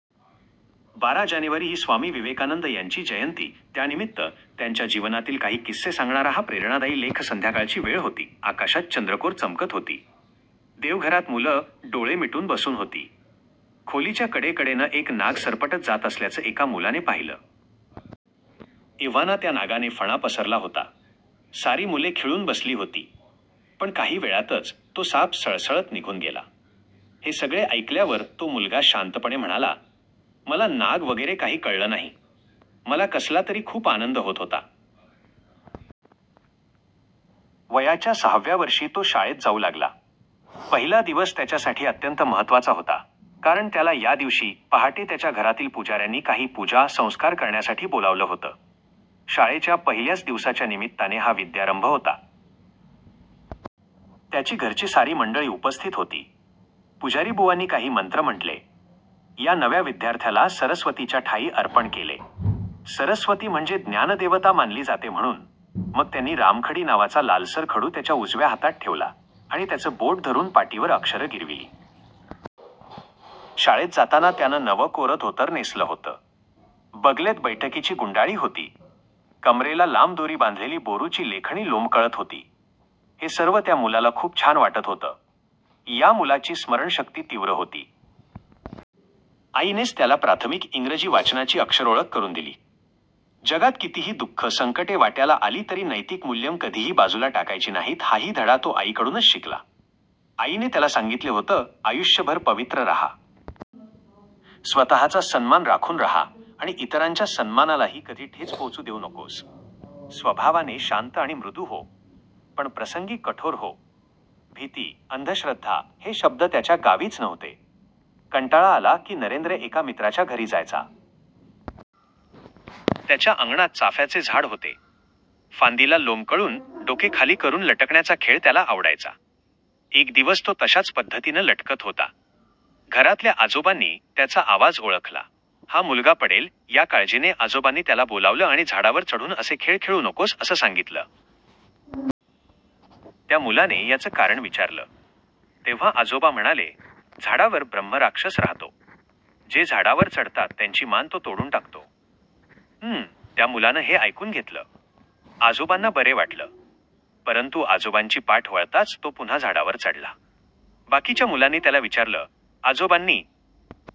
बारा जानेवारी ही स्वामी विवेकानंद यांची जयंती, त्यानिमित्त त्यांच्या जीवनातील काही किस्से सांगणारा हा प्रेरणादायी लेख- संध्याकाळची वेळ होती, आकाशात चंद्रकोर चमकत होती. देवघरात मुलं डोळे मिटून बसून होती. खोलीच्या कडेकडेनं एक नाग सरपटत जात असल्याचं एका मुलाने पाहिलं. एव्हाना त्या नागाने फणा पसरला होता. सारी मुले खिळून बसली होती. पण काही वेळातच तो साप सळसळत निघून गेला. हे सगळे ऐकल्यावर तो मुलगा शांतपणे म्हणाला, "मला नाग वगैरे काही कळलं नाही. मला कसला तरी खूप आनंद होत होता. " वयाच्या सहाव्या वर्षी तो शाळेत जाऊ लागला. पहिला दिवस त्याच्यासाठी अत्यंत महत्त्वाचा होता. कारण त्याला या दिवशी पहाटे त्याच्या घरातील पूजाऱ्यांनी काही पूजा, संस्कार करण्यासाठी बोलावलं होतं. शाळेच्या पहिल्याच दिवसाच्या निमित्ताने हा विद्यारंभ होता. त्याची घरची सारी मंडळी उपस्थित होती. पुजारीबुवांनी काही मंत्र म्हटले. या नव्या विद्यार्थ्याला सरस्वतीच्या ठायी अर्पण केले. सरस्वती म्हणजे ज्ञानदेवता मानली जाते म्हणून! मग त्यांनी 'रामखडी' नावाचा लालसर खडू त्याच्या उजव्या हातात ठेवला आणि त्याचे बोट धरून पाटीवर अक्षरं गिरविली. शाळेत जाताना त्यानं नवं कोरं धोतर नेसलं होतं. बगलेत बैठकीची गुंडाळी होती. कमरेला लांब दोरी बांधलेली बोरूची लेखणी लोंबकळत होती. हे सर्व त्या मुलाला खूप छान वाटत होतं. या मुलाची स्मरणशक्ती तीव्र होती. आईनेच त्याला प्राथमिक इंग्रजी वाचनाची अक्षरओळख करून दिली. जगात कितीही दु:ख, संकटे वाट्याला आली तरी नैतिक मूल्यं कधीही बाजूला टाकायची नाहीत, हाही धडा तो आईकडूनच शिकला. आईने त्याला सांगितले होतं, 'आयुष्यभर पवित्र राहा. स्वतःचा सन्मान राखून राहा आणि इतरांच्या सन्मानालाही कधी ठेच पोहोचू देऊ नकोस. स्वभावाने शांत आणि मृदू हो. पण प्रसंगी कठोर हो. ' भीती, अंधश्रद्धा हे शब्द त्याच्या गावीच नव्हते. कंटाळा आला की, नरेंद्र एका मित्राच्या घरी जायचा. त्याच्या अंगणात चाफ्याचे झाड होते. फांदीला लोंबकळून डोके खाली करून लटकण्याचा खेळ त्याला आवडायचा. एक दिवस तो तशाच पद्धतीने लटकत होता. घरातल्या आजोबांनी त्याचा आवाज ओळखला. हा मुलगा पडेल, या काळजीने आजोबांनी त्याला बोलावलं आणि 'झाडावर चढून असे खेळ खेळू नकोस' असं सांगितलं. त्या मुलाने याचे कारण विचारलं. तेव्हा आजोबा म्हणाले, "झाडावर ब्रह्मराक्षस राहतो. जे झाडावर चढतात त्यांची मान तो तोडून टाकतो. " त्या मुलानं हे ऐकून घेतलं. आजोबांना बरे वाटलं. परंतु आजोबांची पाठ वळताच तो पुन्हा झाडावर चढला. बाकीच्या मुलांनी त्याला विचारलं, "आजोबांनी